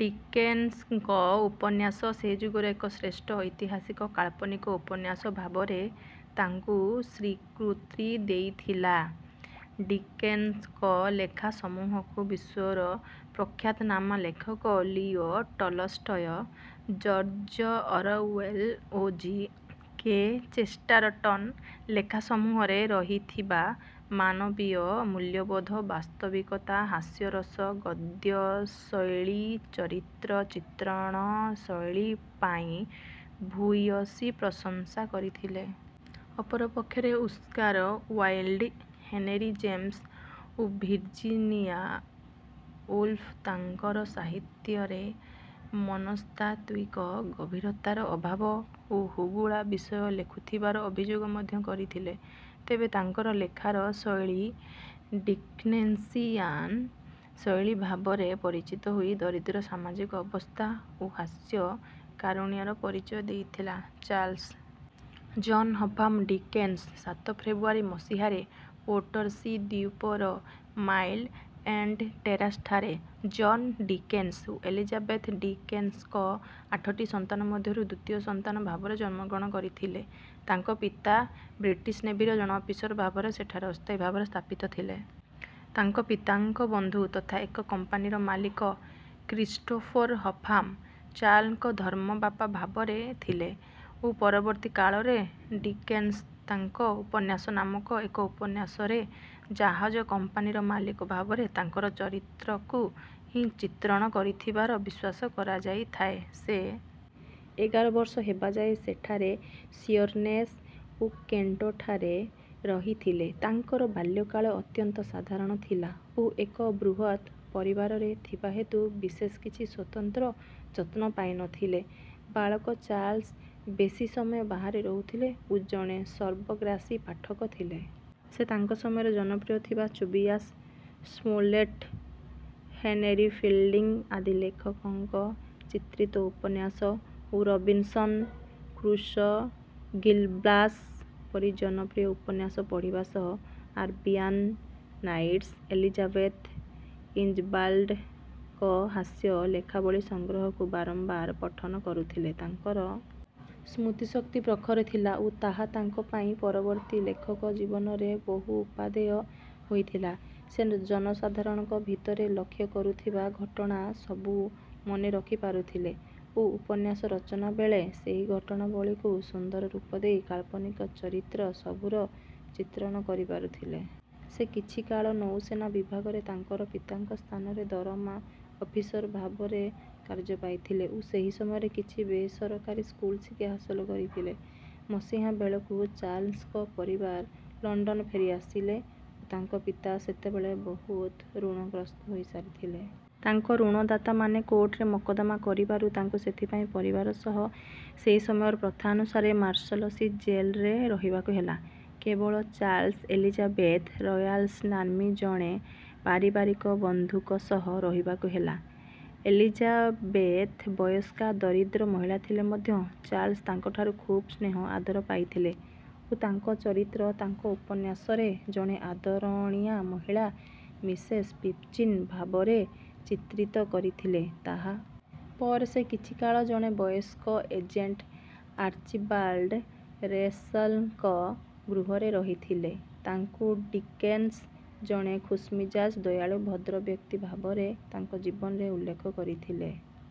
ଡିକେନ୍ସଙ୍କ ଉପନ୍ୟାସ ସେ ଯୁଗର ଏକ ଶ୍ରେଷ୍ଠ ଐତିହାସିକ କାଳ୍ପନିକ ଉପନ୍ୟାସ ଭାବରେ ତାଙ୍କୁ ସ୍ୱୀକୃତି ଦେଇଥିଲା। ଡିକେନ୍ସଙ୍କ ଲେଖାସମୂହକୁ ବିଶ୍ୱର ପ୍ରଖ୍ୟାତନାମା ଲେଖକ ଲିଓ ଟଲଷ୍ଟୟ, ଜର୍ଜ ଅରୱେଲ ଓ ଜି. କେ. ଚେଷ୍ଟାରଟନ୍‌ ଲେଖାସମୂହରେ ରହିଥିବା ମାନବୀୟ ମୂଲ୍ୟବୋଧ, ବାସ୍ତବିକତା, ହାସ୍ୟରସ, ଗଦ୍ୟଶୈଳୀ, ଚରିତ୍ର ଚିତ୍ରଣ ଶୈଳୀ ପାଇଁ ଭୂୟସୀ ପ୍ରଶଂସା କରିଥିଲେ। ଅପରପକ୍ଷରେ ଓସ୍କାର ୱାଇଲ୍ଡ, ହେନେରୀ ଜେମ୍ସ ଓ ଭିର୍ଜିନିଆ ଉଲ୍ଫ ତାଙ୍କର ସାହିତ୍ୟରେ ମନସ୍ତାତ୍ତ୍ୱିକ ଗଭୀରତାର ଅଭାବ ଓ ହୁଗୁଳା ବିଷୟ ଲେଖୁଥିବାର ଅଭିଯୋଗ ମଧ୍ୟ କରିଥିଲେ। ତେବେ ତାଙ୍କର ଲେଖାର ଶୈଳୀ ଡିକେନ୍ସିଆନ୍ ଶୈଳୀ ଭାବରେ ପରିଚିତ ହୋଇ ଦରିଦ୍ର ସାମାଜିକ ଅବସ୍ଥା ଓ ହାସ୍ୟ-କାରୁଣ୍ୟର ପରିଚୟ ଦେଇଥିଲା। ଚାର୍ଲ୍ସ ଜନ୍ ହଫାମ୍ ଡିକେନ୍ସ ସାତ ଫେବ୍ରୁଆରୀ ମସିହାରେ ପୋର୍ଟସୀ ଦ୍ୱୀପର, ମାଇଲ୍ ଏଣ୍ଡ୍ ଟେରାସ୍‌ଠାରେ ଜନ୍ ଡିକେନ୍ସ ଓ ଏଲିଜାବେଥ ଡିକେନ୍ସଙ୍କ ଆଠଟି ସନ୍ତାନ ମଧ୍ୟରୁ ଦ୍ୱିତୀୟ ସନ୍ତାନ ଭାବରେ ଜନ୍ମଗ୍ରହଣ କରିଥିଲେ। ତାଙ୍କ ପିତା ବ୍ରିଟିଶ ନେଭିର ଜଣେ ଅଫିସର ଭାବରେ ସେଠାରେ ଅସ୍ଥାୟୀ ଭାବରେ ସ୍ଥାପିତ ଥିଲେ। ତାଙ୍କ ପିତାଙ୍କ ବନ୍ଧୁ ତଥା ଏକ କମ୍ପାନୀର ମାଲିକ "କ୍ରିଷ୍ଟୋଫର୍ ହଫାମ୍" ଚାର୍ଲ୍ସଙ୍କ ଧର୍ମବାପା ଭାବରେ ଥିଲେ ଓ ପରବର୍ତ୍ତୀ କାଳରେ ଡିକେନ୍ସ ତାଙ୍କ ଉପନ୍ୟାସ ନାମକ ଏକ ଉପନ୍ୟାସରେ ଜାହାଜ କମ୍ପାନୀର ମାଲିକ ଭାବରେ ତାଙ୍କର ଚରିତ୍ରକୁ ହିଁ ଚିତ୍ରଣ କରିଥିବାର ବିଶ୍ୱାସ କରାଯାଇଥାଏ। ସେ ଏଗାର ବର୍ଷ ହେବା ଯାଏ ସେଠାରେ ଶିଅର୍‌ନେସ୍ ଓ କେଣ୍ଟଠାରେ ରହିଥିଲେ। ତାଙ୍କର ବାଲ୍ୟକାଳ ଅତ୍ୟନ୍ତ ସାଧାରଣ ଥିଲା ଓ ଏକ ବୃହତ୍ ପରିବାରରେ ଥିବା ହେତୁ ବିଶେଷ କିଛି ସ୍ୱତନ୍ତ୍ର ଯତ୍ନ ପାଇ ନ ଥିଲେ। ବାଳକ ଚାର୍ଲ୍ସ ବେଶି ସମୟ ବାହାରେ ରହୁଥିଲେ ଓ ଜଣେ ସର୍ବଗ୍ରାସୀ ପାଠକ ଥିଲେ। ସେ ତାଙ୍କ ସମୟରେ ଜନପ୍ରିୟ ଥିବା ଟୋବିଆସ୍ ସ୍ମୋଲେଟ୍ ହେନେରୀ ଫିଲ୍ଡିଂ ଆଦି ଲେଖକଙ୍କ ଚିତ୍ରିତ ଉପନ୍ୟାସ ଓ ରବିନ୍‌ସନ୍ କ୍ରୁଶୋ, "ଗିଲ୍ ବ୍ଲାସ୍" ପରି ଜନପ୍ରିୟ ଉପନ୍ୟାସ ପଢ଼ିବା ସହ ଆରବିଆନ୍ ନାଇଟ୍ସ, ଏଲିଜାବେଥ୍ ଇଞ୍ଚବାଲ୍ଡ"ଙ୍କ ହାସ୍ୟ ଲେଖାବଳୀ ସଂଗ୍ରହକୁ ବାରମ୍ବାର ପଠନ କରୁଥିଲେ। ତାଙ୍କର ସ୍ମୃତିଶକ୍ତି ପ୍ରଖର ଥିଲା ଓ ତାହା ତାଙ୍କ ପାଇଁ ପରବର୍ତ୍ତୀ ଲେଖକ ଜୀବନରେ ବହୁ ଉପାଦେୟ ହୋଇଥିଲା। ସେ ଜନସାଧାରଣଙ୍କ ଭିତରେ ଲକ୍ଷ୍ୟ କରୁଥିବା ଘଟଣାସବୁ ମନେ ରଖିପାରୁଥିଲେ ଓ ଉପନ୍ୟାସ ରଚନା ବେଳେ ସେହି ଘଟଣାବଳୀକୁ ସୁନ୍ଦର ରୂପ ଦେଇ କାଳ୍ପନିକ ଚରିତ୍ର ସବୁର ଚିତ୍ରଣ କରିପାରୁଥିଲେ। ସେ କିଛିକାଳ ନୌସେନା ବିଭାଗରେ ତାଙ୍କ ପିତାଙ୍କ ସ୍ଥାନରେ ଦରମା ଅଫିସର ଭାବରେ କାର୍ଯ୍ୟ ପାଇଥିଲେ ଓ ସେହି ସମୟରେ କିଛି ବେସରକାରୀ ସ୍କୁଲ ଶିକ୍ଷା ହାସଲ କରିଥିଲେ। ମସିହା ବେଳକୁ ଚାର୍ଲ୍ସଙ୍କ ପରିବାର ଲଣ୍ଡନ ଫେରିଆସିଲେ ଓ ତାଙ୍କ ପିତା ସେତେବେଳେ ବହୁତ ଋଣଗ୍ରସ୍ତ ହୋଇସାରିଥିଲେ। ତାଙ୍କ ଋଣଦାତାମାନେ କୋର୍ଟରେ ମକଦ୍ଦମା କରିବାରୁ ତାଙ୍କୁ ସେଥିପାଇଁ ପରିବାର ସହ ସେହି ସମୟର ପ୍ରଥା ଅନୁସାରେ ମାର୍ଶଲସୀ ଜେଲ୍‌ରେ ରହିବାକୁ ହେଲା। କେବଳ ଚାର୍ଲ୍ସ ଏଲିଜାବେଥ୍ ରୟଲାନ୍ସ ନାମ୍ନୀ ଜଣେ ପାରିବାରିକ ବନ୍ଧୁଙ୍କ ସହ ରହିବାକୁ ହେଲା। ଏଲିଜାବେଥ୍ ବୟସ୍କା ଦରିଦ୍ର ମହିଳା ଥିଲେ ମଧ୍ୟ ଚାର୍ଲ୍ସ ତାଙ୍କଠାରୁ ଖୁବ୍ ସ୍ନେହ ଆଦର ପାଇଥିଲେ ଓ ତାଙ୍କ ଚରିତ୍ର ତାଙ୍କ ଉପନ୍ୟାସରେ ଜଣେ ଆଦରଣୀୟା ମହିଳା "ମିସେସ୍ ପିପ୍‌ଚିନ୍" ଭାବରେ ଚିତ୍ରିତ କରିଥିଲେ। ତାହା ପରେ ସେ କିଛିକାଳ ଜଣେ ବୟସ୍କ ଏଜେଣ୍ଟ ଆର୍ଚିବାଲ୍ଡ ରସେଲ୍"ଙ୍କ ଗୃହରେ ରହିଥିଲେ। ତାଙ୍କୁ ଡିକେନ୍ସ ଜଣେ ଖୁସ୍‌ମିଜାଜ, ଦୟାଳୁ ଭଦ୍ରବ୍ୟକ୍ତି ଭାବରେ ତାଙ୍କ ଜୀବନୀରେ ଉଲ୍ଲେଖ କରିଥିଲେ।